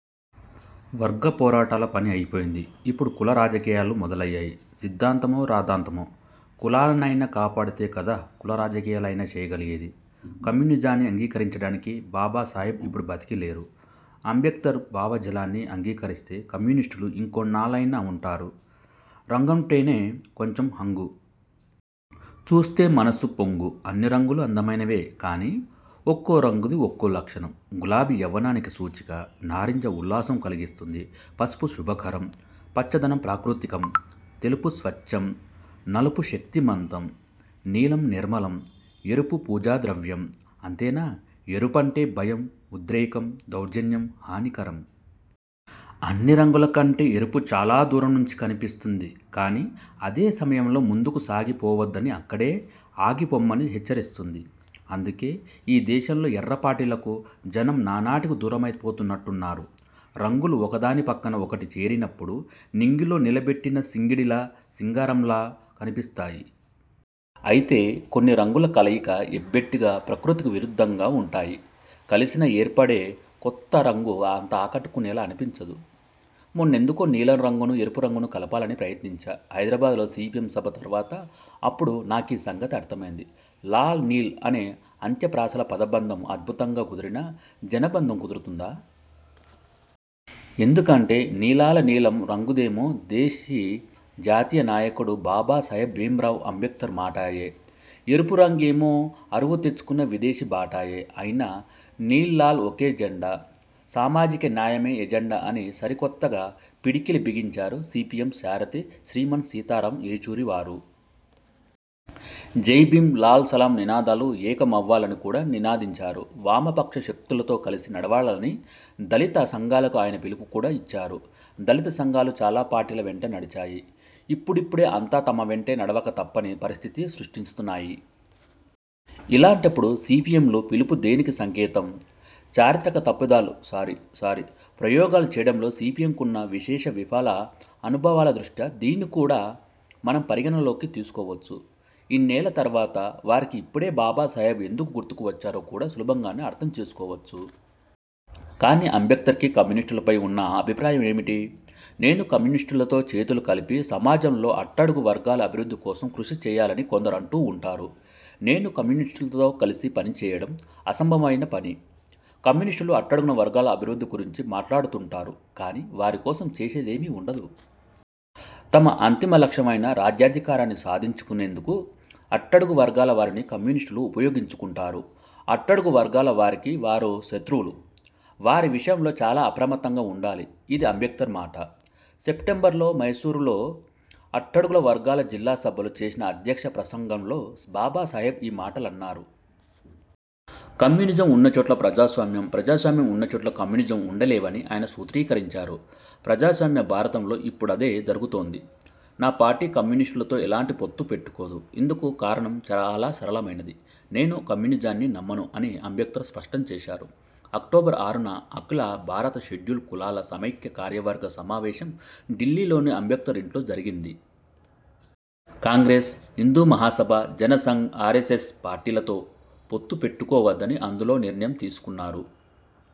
వర్గ పోరాటాల పని అయిపోయింది. ఇప్పుడు కుల రాజకీయాలు మొదలయ్యాయి. సిద్ధాంతమో రాద్ధాంతమో! కులాల నైనా కాపాడితే కదా కుల రాజకీయాలైనా చేయగలిగేది! కమ్యూనిజాన్ని అంగీకరించడానికి బాబా సాహెబ్ ఇప్పుడు బతికి లేరు. అంబేడ్కర్ భావ జాలాన్ని అంగీకరిస్తే కమ్యూనిస్టులు ఇంకొన్నాళ్లైనా ఉంటారు. రంగంటేనే కొంచం హంగు. చూస్తే మనసుప్పొంగు! అన్ని రంగులూ అందమైనవే. కానీ ఒక్కో రంగుదీ ఒక్కో లక్షణం. గులాబీ యవ్వనానికి సూచిక. నారింజ ఉల్లాసం కలిగిస్తుంది. పసుపు శుభకరం. పచ్చదనం ప్రాకృతికం. తెలుపు స్వచ్ఛం. నలుపు శక్తి మంతం. నీలం నిర్మలం. ఎరుపు పూజా ద్రవ్యం. అంతేనా? ఎరుపంటే భయం, ఉద్రేకం, దౌర్జన్యం, హానికరం! అన్ని రంగుల కంటే ఎరుపు చాలా దూరం నుంచి కనిపిస్తుంది. కానీ అదే సమయంలో, ముందుకు సాగి పోవద్దని, అక్కడే ఆగిపొమ్మని హెచ్చరిస్తుంది. అందుకే ఈ దేశంలో ఎర్ర పార్టీలకు, జనం నానాటికీ దూరమైపోతున్నట్టున్నారు! రంగులు ఒకదాని పక్కన ఒకటి చేరినప్పుడు నింగిలో నిల బెట్టిన సింగిడిలా సింగారంలా కనిపిస్తాయి. అయితే కొన్ని రంగుల కలయిక ఎబ్బెట్టుగా, ప్రకృతికి విరుద్ధంగా ఉంటాయి. కలిసినా, ఏర్పడే కొత్త రంగు అంత ఆకట్టుకునేలా అనిపించదు. మొన్నెందుకో నీలం రంగును, ఎరుపును కలపాలని ప్రయత్నించా హైదరాబాద్లో సీపీఎం సభ తర్వాత! అప్పుడు నాకీ సంగతి అర్థమైంది. 'లాల్ నీల్' అనే అంత్య ప్రాసల పదబంధం అద్భుతంగా కుదిరినా జనబంధం కుదురుతుందా? ఎందుకంటే నీలాల నీలం రంగుదేమో దేశీ జాతీయ నాయకుడు బాబా సాహెబ్ భీమ్రావ్ అంబేడ్కర్ మాటాయె. ఎరుపు రంగుదేమో అరువు తెచ్చుకున్న విదేశీ బాటాయె! అయినా నీల్ లాల్ ఒకే జెండా, సామాజిక న్యాయమే ఎజెండా అని సరి కొత్తగా పిడికిలి బిగించారు సీపీఎం సారథి శ్రీమాన్ సీతారాం ఏచూరి వారు! జై భీమ్, లాల్ సలాం నినాదాలు ఏక మవ్వాలని కూడా నినదించారు. వామపక్ష శక్తుల తో కలసి నడవాలని దళిత సంఘాలకు ఆయన పిలుపు కూడా ఇచ్చారు. దళిత సంఘాలు చాలా పార్టీల వెంట నడిచాయి. ఇప్పుడిప్పుడే అంతా తమ వెంటే నడవక తప్పని పరిస్థితిని సృష్టిస్తున్నాయి. ఇలాంటప్పుడు సీపీఎం పిలుపు దేనికి సంకేతం? చారిత్రక తప్పిదాలు సారీ, సారీ ప్రయోగాలు చేయడంలో సీపీఎంకున్న విశేష విఫల అనుభవాల దృష్ట్యా దీన్ని కూడా మనం పరిగణనలోకి తీసుకోవచ్చు. ఇన్నేళ్ల తర్వాత వారికి ఇప్పుడే బాబా సాహెబ్ ఎందుకు గుర్తుకు వచ్చారో కూడా సులభంగానే అర్థం చేసుకోవచ్చు! కానీ అంబేడ్కర్కి కమ్యూనిస్టులపై ఉన్న అభిప్రాయం ఏమిటి? నేను కమ్యూనిస్టులతో చేతులు కలిపి సమాజంలోని అట్టడుగు వర్గాల అభివృద్ధి కోసం కృషి చేయాలని కొందరు అంటూ ఉంటారు. నేను కమ్యూనిస్టులతో కలసి పనిచేయడం అసంభవమైన పని. కమ్యూనిస్టులు అట్టడుగు వర్గాల అభివృద్ధి గురించి మాట్లాడుతుంటారు. కానీ వారి కోసం చేసేదేమీ ఉండదు. తమ అంతిమ లక్ష్యం అయిన రాజ్యాధికారాన్ని సాధించుకునేందుకు అట్టడుగు వర్గాల వారిని కమ్యూనిస్టులు ఉపయోగించుకుంటారు. అట్టడుగు వర్గాల వారికి వారు శత్రువులు. వారి విషయంలో చాలా అప్రమత్తంగా ఉండాలి ఇదీ అంబేడ్కర్ మాట! సెప్టెంబరులో మైసూరులో అట్టడుగు వర్గాల జిల్లా సభలో చేసిన అధ్యక్ష ప్రసంగంలో బాబా సాహెబ్ ఈ మాటలన్నారు. కమ్యూనిజం ఉన్నచోట ప్రజాస్వామ్యం, ప్రజాస్వామ్యం ఉన్నచోట కమ్యూనిజం ఉండ లేవని ఆయన సూత్రీకరించారు. ప్రజాస్వామ్య భారతంలో ఇప్పుడదే జరుగుతోంది! నా పార్టీ కమ్యూనిస్టులతో ఎలాంటి పొత్తూ పెట్టుకోదు. ఇందుకు కారణం చాలా సరళమైనది. నేను కమ్యూనిజాన్ని నమ్మను అని అంబేడ్కర్ స్పష్టంచేశారు. అక్టోబరు ఆరున అఖిల భారత షెడ్యూల్ కులాల సమాఖ్య కార్యవర్గ సమావేశం ఢిల్లీలోని అంబేడ్కర్ ఇంట్లో జరిగింది. కాంగ్రెస్, హిందూ మహాసభ, జన సంఘ్, ఆరెస్సెస్ పార్టీలతో పొత్తు పెట్టు కోవద్దని అందులో నిర్ణయం తీసుకున్నారు.